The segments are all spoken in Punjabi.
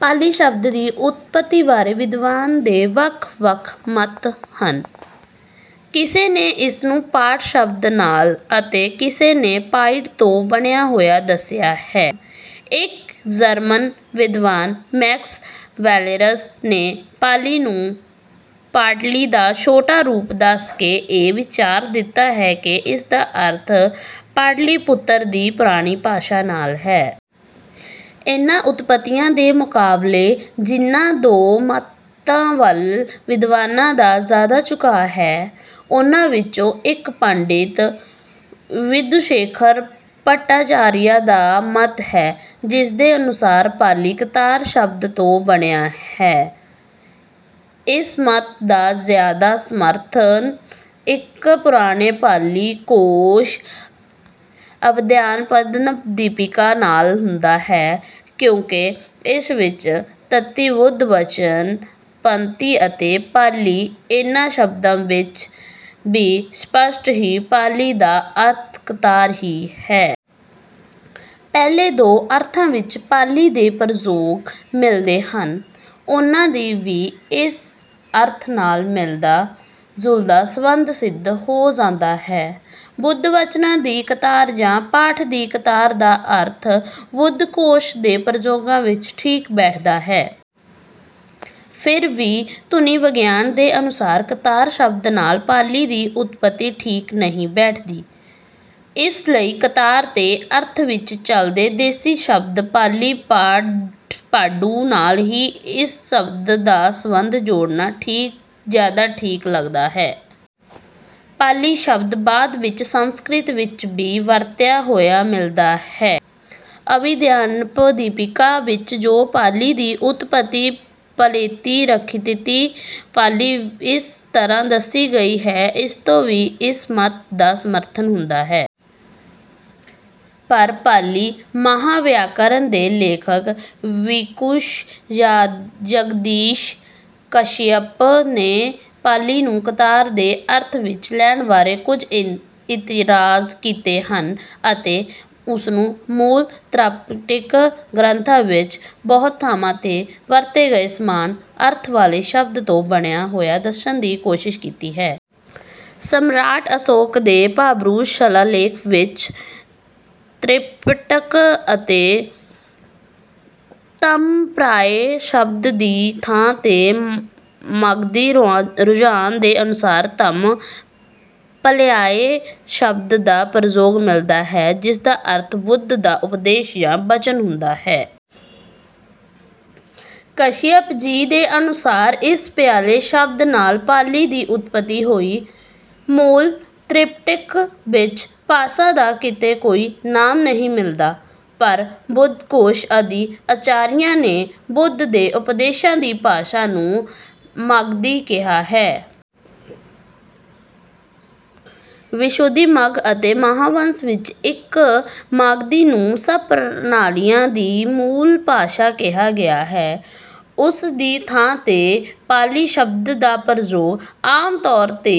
ਪਾਲੀ ਸ਼ਬਦ ਦੀ ਉਤਪੱਤੀ ਬਾਰੇ ਵਿਦਵਾਨਾਂ ਦੇ ਵੱਖ ਵੱਖ ਮਤ ਹਨ। ਕਿਸੇ ਨੇ ਇਸਨੂੰ ਪਾਠ ਸ਼ਬਦ ਨਾਲ ਅਤੇ ਕਿਸੇ ਨੇ ਪਾਇਡ ਤੋਂ ਬਣਿਆ ਹੋਇਆ ਦੱਸਿਆ ਹੈ। ਇੱਕ ਜਰਮਨ ਵਿਦਵਾਨ ਮੈਕਸ ਵੈਲੇਸਰ ਨੇ ਪਾਲੀ ਨੂੰ ਪਾਟਲੀ ਦਾ ਛੋਟਾ ਰੂਪ ਦੱਸਕੇ ਇਹ ਵਿਚਾਰ ਦਿੱਤਾ ਹੈ ਕਿ ਇਸਦਾ ਅਰਥ ਪਾਟਲੀਪੁਤਰ ਦੀ ਪੁਰਾਣੀ ਭਾਸ਼ਾ ਨਾਲ ਹੈ। ਇਨ੍ਹਾਂ ਉਤਪੱਤੀਆਂ ਦੇ ਮੁਕਾਬਲੇ ਜਿਨ੍ਹਾਂ ਦੋ ਮਤਾਂ ਵੱਲ ਵਿਦਵਾਨਾਂ ਦਾ ਜਿਆਦਾ ਝੁਕਾਅ ਹੈ ਉਨ੍ਹਾਂ ਵਿੱਚੋਂ ਇੱਕ ਪੰਡਿਤ ਵਿਧੁਸ਼ੇਖਰ ਭੱਟਾਚਾਰੀਆ ਦਾ ਮਤ ਹੈ ਜਿਸਦੇ ਅਨੁਸਾਰ ਪਾਲੀ ਕਤਾਰ ਸ਼ਬਦ ਤੋਂ ਬਣਿਆ ਹੈ। ਇਸ ਮਤ ਦਾ ਜਿਆਦਾ ਸਮਰਥਨ ਇੱਕ ਪੁਰਾਣੇ ਪਾਲੀ ਕੋਸ਼ ਅਭਿਧਾਨੱਪਦੀਪਿਕਾ ਨਾਲ ਹੁੰਦਾ ਹੈ ਕਿਉਂਕਿ ਉਸ ਵਿੱਚ ਤੰਤੀ ਬੁੱਧਵਚਨ ਪੰਤੀ ਅਤੇ ਪਾਲੀ ਇਨ੍ਹਾਂ ਸ਼ਬਦਾਂ ਵਿੱਚ ਵੀ ਸਪੱਸ਼ਟ ਹੀ ਪਾਲੀ ਦਾ ਅਰਥ ਕਤਾਰ ਹੀ ਹੈ। ਪਹਿਲੇ ਦੋ ਅਰਥਾਂ ਵਿੱਚ ਪਾਲੀ ਦੇ ਜੋ ਪ੍ਰਯੋਗ ਮਿਲਦੇ ਹਨ ਉਨ੍ਹਾਂ ਦੀ ਵੀ ਇਸ ਅਰਥ ਨਾਲ ਮਿਲਦਾ ਜੁਲਦਾ ਸਬੰਧ ਸਿੱਧ ਹੋ ਜਾਂਦਾ ਹੈ। ਬੁੱਧਵਚਨਾਂ ਦੀ ਕਤਾਰ ਜਾਂ ਪਾਠ ਦੀ ਕਤਾਰ ਦਾ ਅਰਥ ਬੁੱਧਘੋਸ਼ ਦੇ ਪ੍ਰਯੋਗਾਂ ਵਿੱਚ ਠੀਕ ਬੈਠਦਾ ਹੈ। ਫਿਰ ਵੀ ਧੁਨੀਵਿਗਿਆਨ ਦੇ ਅਨੁਸਾਰ ਕਤਾਰ ਸ਼ਬਦ ਨਾਲ ਪਾਲੀ ਦੀ ਉਤਪੱਤੀ ਠੀਕ ਨਹੀਂ ਬੈਠਦੀ। ਇਸ ਲਈ ਕਤਾਰ ਦੇ ਅਰਥ ਵਿੱਚ ਚਲਦੇ ਦੇਸ਼ੀ ਸ਼ਬਦ ਪਾਲੀ ਪਾਠ ਪਾਡੂ ਨਾਲ ਹੀ ਇਸ ਸ਼ਬਦ ਦਾ ਸਬੰਧ ਜੋੜਨਾ ਠੀ ਕ ਜਿਆਦਾ ਠੀਕ ਲੱਗਦਾ ਹੈ। ਪਾਲੀ ਸ਼ਬਦ ਬਾਅਦ ਵਿੱਚ ਸੰਸਕ੍ਰਿਤ ਵਿੱਚ ਵੀ ਵਰਤਿਆ ਹੋਇਆ ਮਿਲਦਾ ਹੈ। ਅਭਿਧਾਨੱਪਦੀਪਿਕਾ ਵਿੱਚ ਜੋ ਪਾਲੀ ਦੀ ਉਤਪੱਤੀ ਪਾਲੇਤੀ ਰੱਖਤੀਤੀ ਪਾਲੀ ਇਸ ਤਰ੍ਹਾਂ ਦੱਸੀ ਗਈ ਹੈ ਉਸਤੋਂ ਵੀ ਇਸ ਮਤ ਦਾ ਸਮਰਥਨ ਹੁੰਦਾ ਹੈ। ਪਰ ਪਾਲੀ ਮਹਾਵਿਆਕਰਨ ਦੇ ਲੇਖਕ ਬੀਕੁਸ ਜਗਦੀਸ਼ ਕਸ਼ਿਅਪ ਨੇ ਪਾਲੀ ਨੂੰ ਕਤਾਰ ਦੇ ਅਰਥ ਵਿੱਚ ਲੈਣ ਬਾਰੇ ਕੁੱਝ ਇਤਰਾਜ਼ ਕੀਤੇ ਹਨ ਅਤੇ ਉਸਨੂੰ ਮੂਲ ਤ੍ਰਿਪਿਟਕ ਗ੍ਰੰਥਾਂ ਵਿੱਚ ਬਹੁਤ ਥਾਵਾਂ ਤੇ ਵਰਤੇ ਗਏ ਸਮਾਨ ਅਰਥ ਵਾਲੇ ਸ਼ਬਦ ਤੋਂ ਬਣਿਆ ਹੋਇਆ ਦੱਸਣ ਦੀ ਕੋਸ਼ਿਸ਼ ਕੀਤੀ ਹੈ। ਸਮਰਾਟ ਅਸ਼ੋਕ ਦੇ ਭਾਬਰੂ ਸ਼ਿਲਾਲੇਖ ਵਿੱਚ ਤ੍ਰਿਪਿਟਕ ਦੇ ਧੰਮਪਰਿਆਏ ਸ਼ਬਦ ਦੀ ਥਾਂ ਤੇ ਮਾਗਧੀ ਰੁਝਾਨ ਦੇ ਅਨੁਸਾਰ ਧੰਮ ਪਲਿਆਏ ਸ਼ਬਦ ਦਾ ਪ੍ਰਯੋਗ ਮਿਲਦਾ ਹੈ ਜਿਸਦਾ ਅਰਥ ਬੁੱਧ ਦਾ ਉਪਦੇਸ਼ ਜਾਂ ਵਚਨ ਹੁੰਦਾ ਹੈ। ਕਸ਼ਿਅਪ ਜੀ ਦੇ ਅਨੁਸਾਰ ਇਸ ਪਿ ਆਏ ਸ਼ਬਦ ਨਾਲ ਪਾਲੀ ਦੀ ਉਤਪੱਤੀ ਹੋਈ। ਮੂਲ ਤ੍ਰਿਪਿਟਕ ਵਿੱਚ ਭਾਸ਼ਾ ਦਾ ਕਿਤੇ ਕੋਈ ਨਾਮ ਨਹੀਂ ਮਿਲਦਾ। ਪਰ ਬੁੱਧਘੋਸ਼ ਆਦਿ ਆਚਾਰੀਆਂ ਨੇ ਬੁੱਧ ਦੇ ਉਪਦੇਸ਼ਾਂ ਦੀ ਭਾਸ਼ਾ ਨੂੰ ਮਾਗਧੀ ਕਿਹਾ ਹੈ। ਵਿਸੁੱਧਿਮੱਗ ਅਤੇ ਮਹਾਵੰਸ ਵਿੱਚ ਇਸ ਮਾਗਧੀ ਨੂੰ ਸਭ ਪ੍ਰਾਣੀਆਂ ਦੀ ਮੂਲ ਭਾਸ਼ਾ ਕਿਹਾ ਗਿਆ ਹੈ। ਉਸ ਦੀ ਥਾਂ ਤੇ ਪਾਲੀ ਸ਼ਬਦ ਦਾ ਪ੍ਰਯੋਗ ਆਮ ਤੌਰ ਤੇ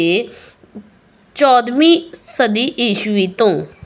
ਚੌਦਵੀਂ ਸਦੀ ਈਸਵੀ ਤੋਂ